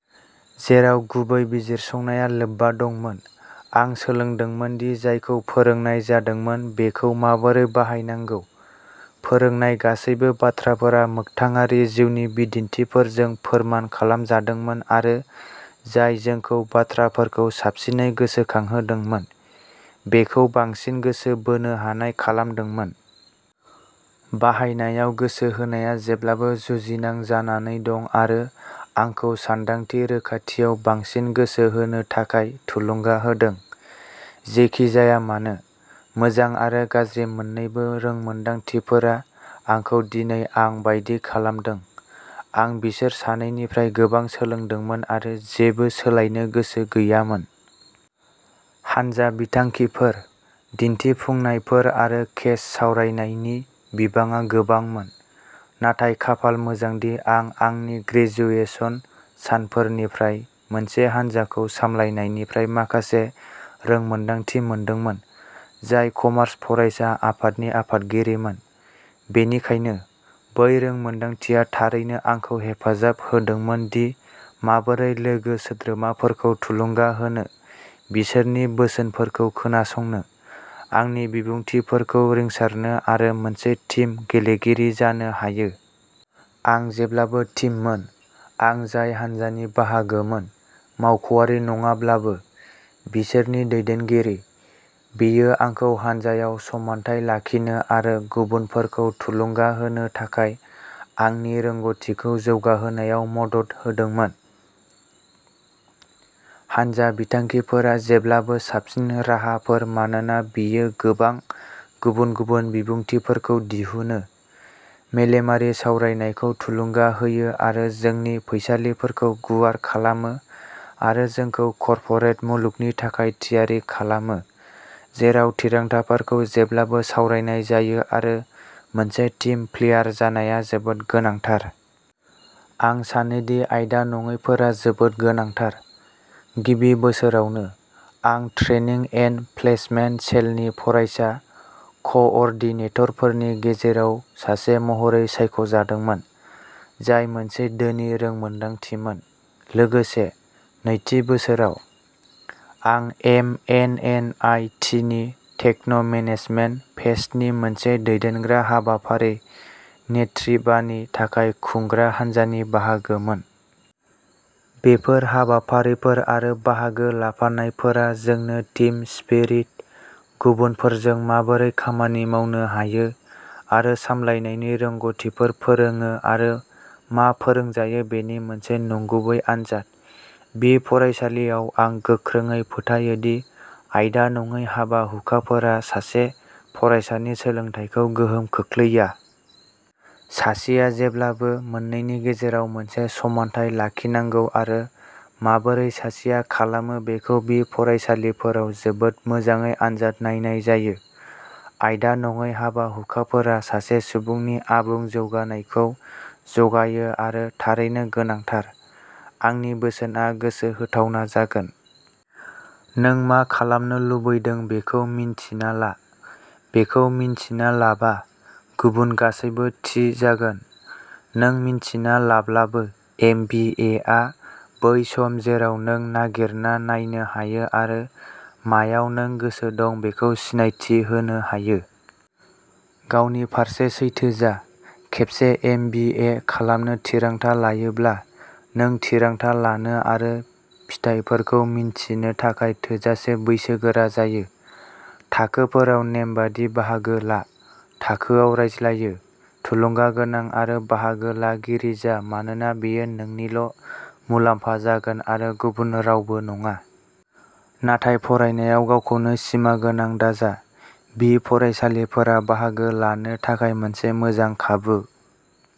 जेराव गुबै बिजिरसंनाया लोब्बा दंमोन, आं सोलोंदोंमोन दि जायखौ फोरोंनाय जादोंमोन बेखौ माबोरै बाहायनांगौ। फोरोंनाय गासैबो बाथ्राफोरा मोगथाङारि जिउनि बिदिन्थिफोरजों फोरमान खालामजादोंमोन आरो जाय जोंखौ बाथ्राफोरखौ साबसिनै गोसोखांहोदोंमोन, बेखौ बांसिन गोसो बोनो हानाय खालामदोंमोन। बाहायनायाव गोसो होनाया जेब्लाबो जुजिनां जानानै दं आरो आंखौ सानदांथि रोखाथियाव बांसिन गोसो होनो थाखाय थुलुंगा होदों। जेखि जाया मानो, मोजां आरो गाज्रि मोननैबो रोंमोनदांथिफोरा आंखौ दिनै आं बायदि खालामदों। आं बिसोर सानैनिफ्राय गोबां सोलोंदोंमोन आरो जेबो सोलायनो गोसो गैयामोन। हानजा बिथांखिफोर, दिन्थिफुंनायफोर आरो केस सावरायनायनि बिबाङा गोबांमोन। नाथाय खाफाल मोजांदि आं आंनि ग्रेजुएसन सानफोरनिफ्राय मोनसे हानजाखौ सामलायनायनिफ्राय माखासे रोंमोनदांथि मोनदोंमोन, जाय कमार्स फरायसा आफादनि आफादगिरिमोन। बेनिखायनो, बै रोंमोनदांथिया थारैनो आंखौ हेफाजाब होदोंमोन दि माबोरै लोगो सोद्रोमाफोरखौ थुलुंगा होनो, बिसोरनि बोसोनफोरखौ खोनासंनो, आंनि बिबुंथिफोरखौ रिंसारनो आरो मोनसे टीम गेलेगिरि जानो हायो। आं जेब्लाबो टीममोन। आं जाय हान्जानि बाहागोमोन, मावख'वारि नङाब्लाबो, बिसोरनि दैदेनगिरि। बेयो आंखौ हानजायाव समानथाय लाखिनो आरो गुबुनफोरखौ थुलुंगा होनो थाखाय आंनि रोंग'थिखौ जौगाहोनायाव मदद होदोंमोन। हान्जा बिथांखिफोरा जेब्लाबो साबसिन राहाफोर मानोना बेयो गोबां गुबुन-गुबुन बिबुंथिफोरखौ दिहुनो, मेलेमारि सावरायनायखौ थुलुंगा होयो आरो जोंनि फैसालिफोरखौ गुवार खालामो आरो जोंखौ कर्परेट मुलुगनि थाखाय थियारि खालामो जेराव थिरांथाफोरखौ जेब्लाबो सावरायनाय जायो आरो मोनसे टीम प्लेयार जानाया जोबोद गोनांथार। आं सानोदि आयदा नङैफोरा जोबोद गोनांथार। गिबि बोसोरावनो, आं ट्रेनिं एन्ड प्लेसमेन्ट सेलनि फरायसा कअर्डिनेटरफोरनि गेजेराव सासे महरै सायख'जादोंमोन, जाय मोनसे धोनि रोंमोनदांथिमोन। लोगोसे, नैथि बोसोराव, आं एम एन एन आइ टिनि टेक्न'-मेनेजमेन्ट फेस्टनि मोनसे दैदेनग्रा हाबाफारि, नेट्रिभानि थाखाय खुंग्रा हानजानि बाहागोमोन। बेफोर हाबाफारिफोर आरो बाहागो लाफानायफोरा जोंनो टीम स्पिरिट, गुबुनफोरजों माबोरै खामानि मावनो हायो, आरो सामलायनायनि रोंग'थिफोर फोरोङो आरो मा फोरोंजायो बेनि मोनसे नंगुबै आनजाद। बि फरायसालियाव आं गोख्रोङै फोथायोदि आयदा नङै हाबा-हुखाफोरा सासे फरायसानि सोलोंथाइखौ गोहोम खोख्लैया। सासेआ जेब्लाबो मोननैनि गेजेराव मोनसे समानथाय लाखिनांगौ आरो माबोरै सासेया खालामो बेखौ बि फरायसालिफोराव जोबोद मोजाङै आनजाद नायनाय जायो। आयदा-नङै हाबा-हुखाफोरा सासे सुबुंनि आबुं जौगानायखौ जगायो आरो थारैनो गोनांथार। आंनि बोसोनआ गोसो होथावना जागोन। नों मा खालामनो लुबैदों बेखौ मिन्थिना ला। बेखौ मिन्थिना लाबा, गुबुन गासैबो थि जागोन। नों मिन्थिना लाब्लाबो, एम बि ए आ बै सम जेराव नों नागिरना नायनो हायो आरो माआव नों गोसो दं बेखौ सिनायथि होनो हायो। गावनि फारसे सैथो जा। खेबसे एम बि ए खालामनो थिरांथा लायोब्ला, नों थिरांथा लानो आरो फिथायफोरखौ मिन्थिनो थाखाय थोजासे बैसोगोरा जायो। थाखोफोराव नेमबादि बाहागो ला, थाखोयाव रायज्लायो, थुलुंगागोनां आरो बाहागो लागिरि जा मानोना बेयो नोंनिल' मुलाम्फा जागोन आरो गुबुन रावबो नङा। नाथाय फरायनायाव गावखौनो सिमागोनां दाजा, बि फरायसालिफोरा बाहागो लानो थाखाय मोनसे मोजां खाबु।